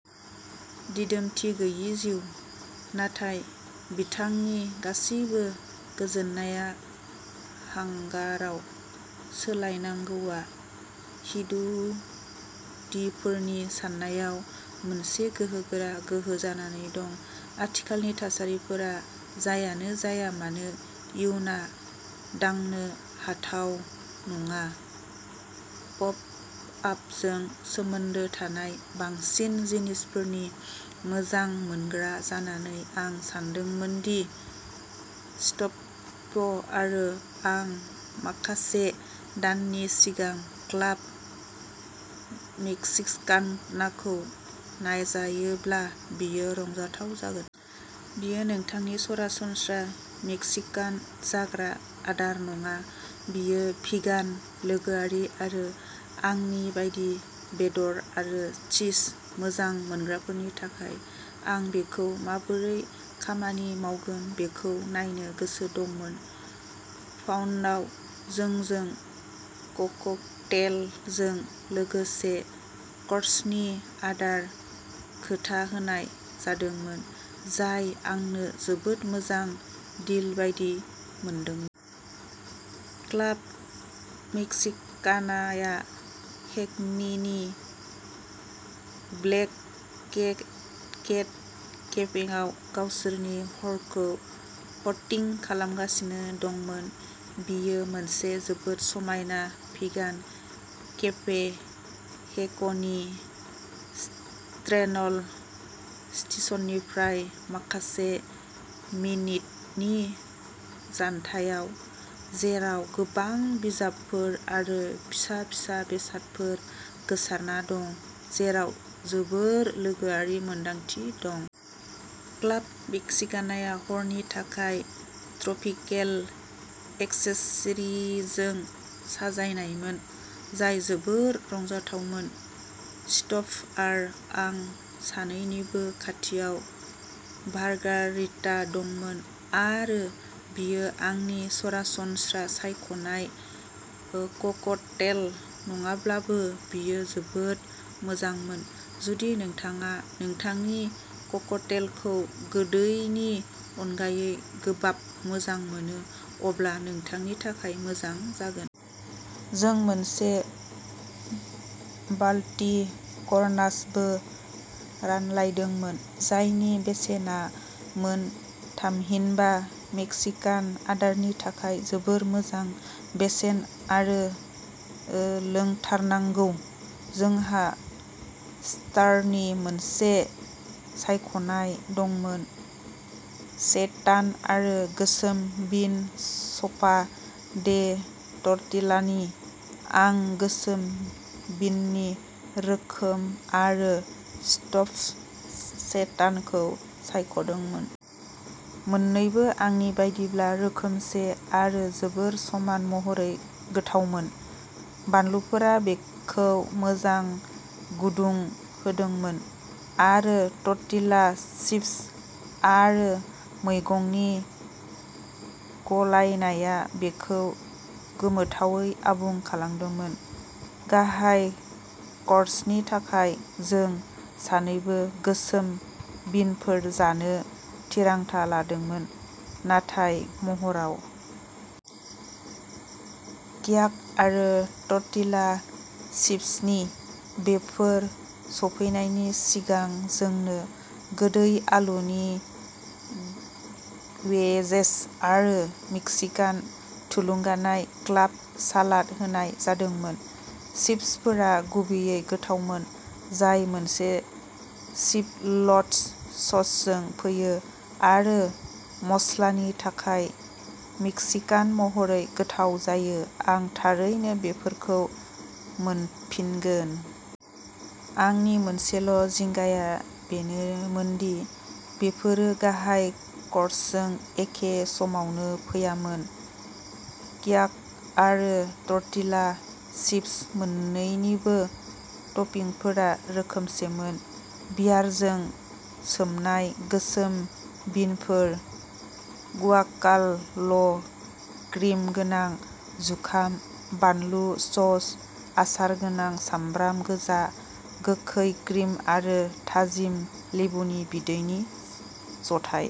दिदोमथि गैयै जिउ, नाथाय बिथांनि गासिबो गोजोननाया हांगारायाव सोलायनांगौआ इहुदिफोरनि साननायाव मोनसे गोहोगोरा गोहो जानानै दं। आथिखालनि थासारिफोर जायानो जाया मानो, इयुनआ दांनो हाथाव नङा। पप आपजों सोमोन्दो थानाय बांसिन जिनिसफोरनि मोजां मोनग्रा जानानै आं सानदोंमोन दि स्टिभ आरो आं माखासे दाननि सिगां क्लाब मेक्सिकानाखौ नाजायोब्ला बेयो रंजाथाव जागोन। बेयो नोंथांनि सरासनस्रा मेक्सिकान जाग्रा आदार नङा, बेयो भिगान लोगोआरि आरो आंनि बायदि बेदर आरो चीज मोजां मोनग्राफोरनि थाखाय आं बेखौ माबोरै खामानि मावगोन बेखौ नायनो गोसो दंमोन। पाउन्दआव जोंनो ककटेलजों लोगोसे कर्सनि आदारनि खोथा होनाय जादोंमोन, जाय आंनो जोबोद मोजां डिल बायदि मोनदोंमोन। क्लाब मेक्सिकानाआ हेकनीनि ब्लेक केक केट केफेआव गावसोरनि हरखौ हस्टिं खालामगासिनो दंमोन। बेयो मोनसे जोबोद समायना भिगान केफे, हेकनी सेन्ट्रेल स्टेशननिफ्राय माखासे मिनिटनि जानथायाव, जेराव गोबां बिजाबफोर आरो फिसा-फिसा बेसादफोर गोसारना दं, जेराव जोबोद लोगोआरि मोनदांथि दं। क्लाब मेक्सिकानाया हरनि थाखाय ट्रपिकेल एक्सेसरिजजों साजायनायमोन, जाय जोबोद रंजाथावमोन। स्टिभ आरो आं सानैनिबो खाथियाव मार्गारिटा दंमोन आरो बेयो आंनि सरासनस्रा सायख'नाय ककटेल नङाब्लाबो बेयो जोबोद मोजांमोन। जुदि नोंथाङा नोंथांनि ककटेलखौ गोदैनि अनगायै गोबाब मोजां मोनो, अब्ला नोंथांनि थाखाय मोजां जागोन। जों मोनसे बालति करनासबो रानलायदोंमोन जायनि बेसेना मोन, थामहिनबा मेक्सिकान आदारनि थाखाय जोबोद मोजां बेसेन आरो लोंथारनांगौ। जोंहा स्टार्टारनि मोनसे सायख'नाय दंमोन, सेइटान एबा गोसोम बिन स'पा दे टर्टिलानि। आं गोसोम बिननि रोखोम आरो स्टिभ सेइटानखौ सायख'दोंमोन। मोननैबो आंनि बायदिब्ला रोखोमसे आरो जोबोद समान महरै गोथावमोन। बानलुफोरा बेखौ मोजां गुदुं होदोंमोन आरो टर्टिला चिप्स आरो मैगंनि गलायनाया बेखौ गोमोथावै आबुं खालामदोंमोन। गाहाय कर्सनि थाखाय जों सानैबो गोसोम बिनफोर जानो थिरांथा लादोंमोन, नाथाय महराव। ट्याक'आरो टर्टिला चिप्सनि। बेफोर सौफैनायनि सिगां जोंनो गोदै आलुनि वेजेस आरो मेक्सिकान थुलुंगानाय क्लाब सालाद होनाय जादोंमोन। चिप्सफोरा गुबैयै गोथावमोन, जाय मोनसे चिप'ल्ट ससजों फैयो आरो मस्लानि थाखाय मेक्सिकान महरै गोथाव जायो। आं थारैनो बेफोरखौ मोनफिनगोन! आंनि मोनसेल'जिंगाया बेनोमोन दि बेफोरो गाहाय क'र्सजों एखे समावनो फैयामोन। ट्याक'आरो टर्टिला चिप्स मोन्नैनिबो टपिंफोरा रोखोमसेमोन, बियारजों सोमनाय गोसोम बिनफोर, गुआकाम'ल, क्रिम गोनां जुखाम, बानलु सस, आसार गोनां सामब्राम गोजा, गोखै क्रिम आरो थाजिम लेबुनि बिदैनि जथाय।